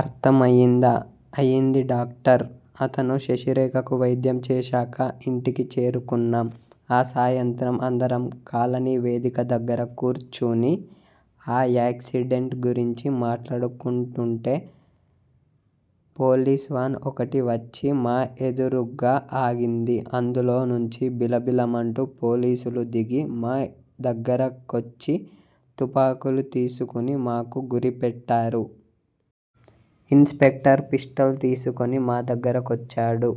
అర్ధమయిందా? అయింది డాక్టర్! అతను శశిరేఖకు వైద్యం చేశాక ఇంటికి చేరుకున్నాం. ఆ సాయంత్రం అందరం కాలనీ వేదిక దగ్గర కూర్చుని ఆ యాక్సిడెంట్ గురించి మాట్లాడుకుంటుంటే పోలీస్ వాన్ ఒకటి వచ్చి మా ఎదురుగ్గా ఆగింది. అందులో నుంచి బిలబిలమంటూ పోలీసులు దిగి మా దగ్గరకొచ్చి తుపాకులు తీసుకుని మాకు గురిపెట్టారు. ఇన్ స్పెక్టర్ పిస్టల్ తీసుకుని మా దగ్గరకొచ్చాడు.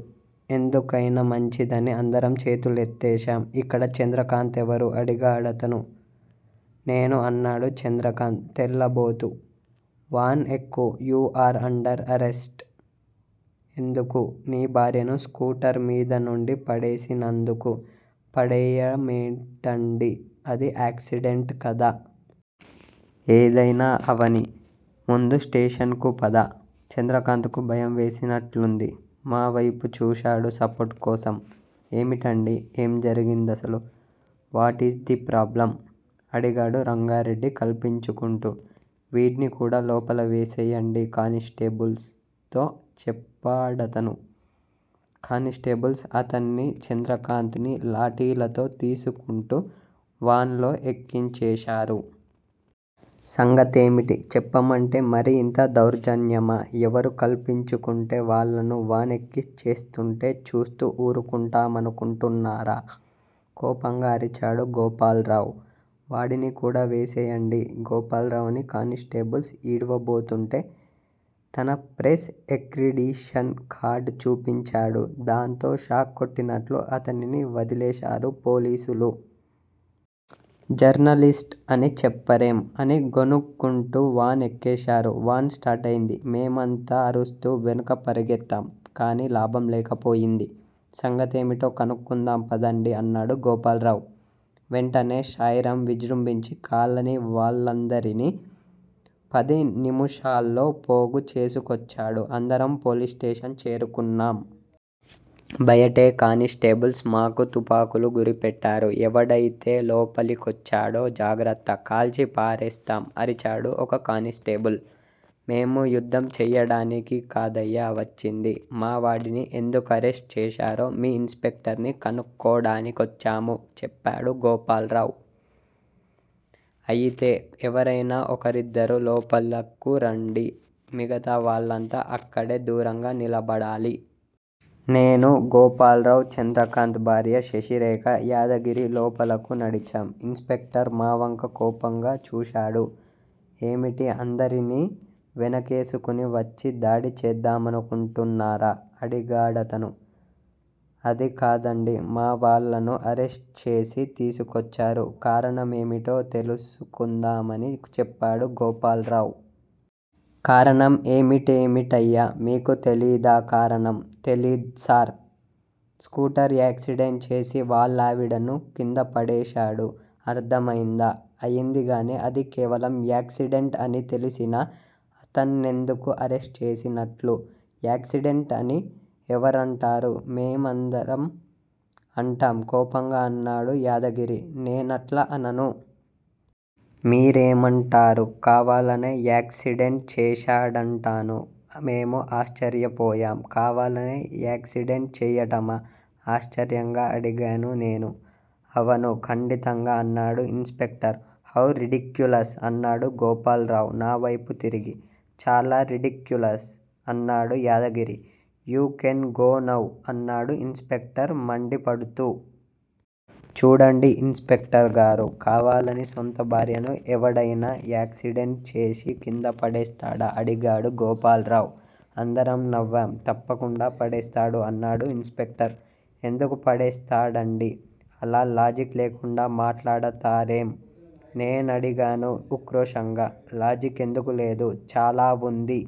ఎందుకైనా మంచిదని అందరం చేతులెత్తేశాం. ఇక్కడ చంద్రకాంత్ ఎవరు? అడిగాడతను. నేను అన్నాడు చంద్రకాంత్ తెల్లబోతూ. వాన్ ఎక్కు! You are under arrest. ఎందుకూ? నీ భార్యను స్కూటర్ మీద నుండి పడేసినందుకు? పడేయమేంటండీ? అది యాక్సిడెంట్ కదా? ఏదైనా అవనీ. ముందు స్టేషన్ కు పద. చంద్రకాంత్ కు భయం వేసినట్లుంది. మావైపు చూశాడు సపోర్టు కోసం. ఏమిటండీ? ఏం జరిగిందసలు? వాటీజ్ ది ప్రాబ్లమ్ అడిగాడు రంగారెడ్డి కల్పించుకుంటూ. వీడ్ని కూడా లోపల వేసేయండి కానిస్టేబుల్స్ తో చెప్పాడతను. కానిస్టేబుల్స్ అతన్నీ, చంద్రకాంత్ నీ లాఠీలతో తీసుకుంటూ వాన్ లో ఎక్కించేశారు. సంగతేమిటి చెప్పమంటే మరీ ఇంత దౌర్జన్యమా? ఎవరు కల్పించుకుంటే వాళ్ళను వాన్ ఎక్కించేస్తుంటే చూస్తూ ఊరుకుంటామనుకుంటున్నారా? కోపంగా అరిచాడు గోపాల్రావ్. వాడిని కూడా వేసెయ్యండి గోపాల్రావ్ ని కానిస్టేబుల్స్ ఈడ్వబోతుంటే తన ప్రెస్ ఎక్రిడిషన్ కార్డ్ చూపించాడు. దాంతో షాక్ కొట్టినట్లు అతనిని వదిలేశారు పోలీసులు. జర్నలిస్ట్ అని చెప్పరేం? అని గొణుక్కుంటూ వాన్ ఎక్కేశారు. వాన్ స్టార్టయింది. మేమంతా అరుస్తూ వెనుక పరుగెత్తాం కానీ లాభం లేకపోయింది. సంగతేమిటో కనుక్కుందాం పదండి అన్నాడు గోపాల్రావ్. వెంటనే శాయిరామ్ విజృంభించి కాలనీ వాళ్ళందరినీ పది నిముషాల్లో పోగు చేసుకొచ్చాడు. అందరం పోలీస్ స్టేషన్ చేరుకున్నాం. బయటే కానిస్టేబుల్స్ మాకు తుపాకులు గురిపెట్టారు. ఎవడైతే లోపలికొచ్చాడో జాగ్రత్థ కాల్చిపారేస్తాం అరిచాడు ఒక కానిస్టేబుల్. మేము యుద్ధం చెయ్యడానికి కాదయ్యా వచ్చింది. మావాడిని ఎందుకరెస్ట్ చేశారో మీ ఇన్ స్పెక్టర్ ని కనుక్కోడానికొచ్చాము చెప్పాడు గోపాల్రావ్. అయితే ఎవరైనా ఒకరిద్దరు లోపలకు రండి. మిగతా వాళ్ళంతా అక్కడే దూరంగా నిలబడాలి. నేనూ, గోపాల్రావ్, చంద్రకాంత్ భార్య శశిరేఖ, యాదగిరి లోపలకు నడిచాం. ఇన్ స్పెక్టర్ మావంక కోపంగా చూశాడు. ఏమిటి, అందరినీ వేనకేసుకుని వచ్చి దాడి చేద్దామనుకుంటున్నారా? అడిగాడతను. అది కాదండి. మా వాళ్ళను అరెస్ట్ చేసి తీసుకొచ్చారు. కారణం ఏమిటో తెలుసు కుందామని చెప్పాడు గోపాల్రావ్. కారణం ఏమిటేమిటయ్యా! మీకు తెలీదా కారణం? తెలీద్సార్! స్కూటర్ యాక్సిడెంట్ చేసి వాళ్ళావిడను కింద పడేశాడు. అర్ధమైందా. అయింది గాని అది కేవలం యాక్సిడెంట్ అని తెలిసినా అతన్నెందుకు అరెస్ట్ చేసినట్లు? యాక్సిడెంట్ అని ఎవరంటారు? మేమందరం అంటాం కోపంగా అన్నాడు యాదగిరి. నేనట్లా అనను. మీరేమంటారు? కావాలనే యాక్సిడెంట్ చేశాడంటాను మేము ఆశ్చర్యపోయాం. కావాలనే యాక్సిడెంట్ చేయటమా? ఆశ్చర్యంగా అడిగాను నేను. అవను ఖండితంగా అన్నాడు ఇన్ స్పెక్టర్. How ridiculous? అన్నాడు గోపాల్రావ్ నావైపు తిరిగి. చాలా రిడిక్యులస్? అన్నాడు Yadagiri. You can go now అన్నాడు ఇన్ స్పెక్టర్ మండిపడుతూ. చూడండి ఇన్ స్పెక్టర్ గారూ! కావాలని సొంత భార్యను ఎవడైనా యాక్సిడెంట్ చేసి కిందపడేస్తాడా అడిగాడు గోపాల్రావ్. అందరం నవ్వాం. తప్పకుండా పడేస్తాడు అన్నాడు ఇన్ స్పెక్టర్. ఎందుకు పడేస్తాడండీ? అలా లాజిక్ లేకుండా మాట్లాడతారేం? నేనడిగాను ఉక్రోషంగా. లాజిక్ ఎందుకు లేదు? చాలా వుంది.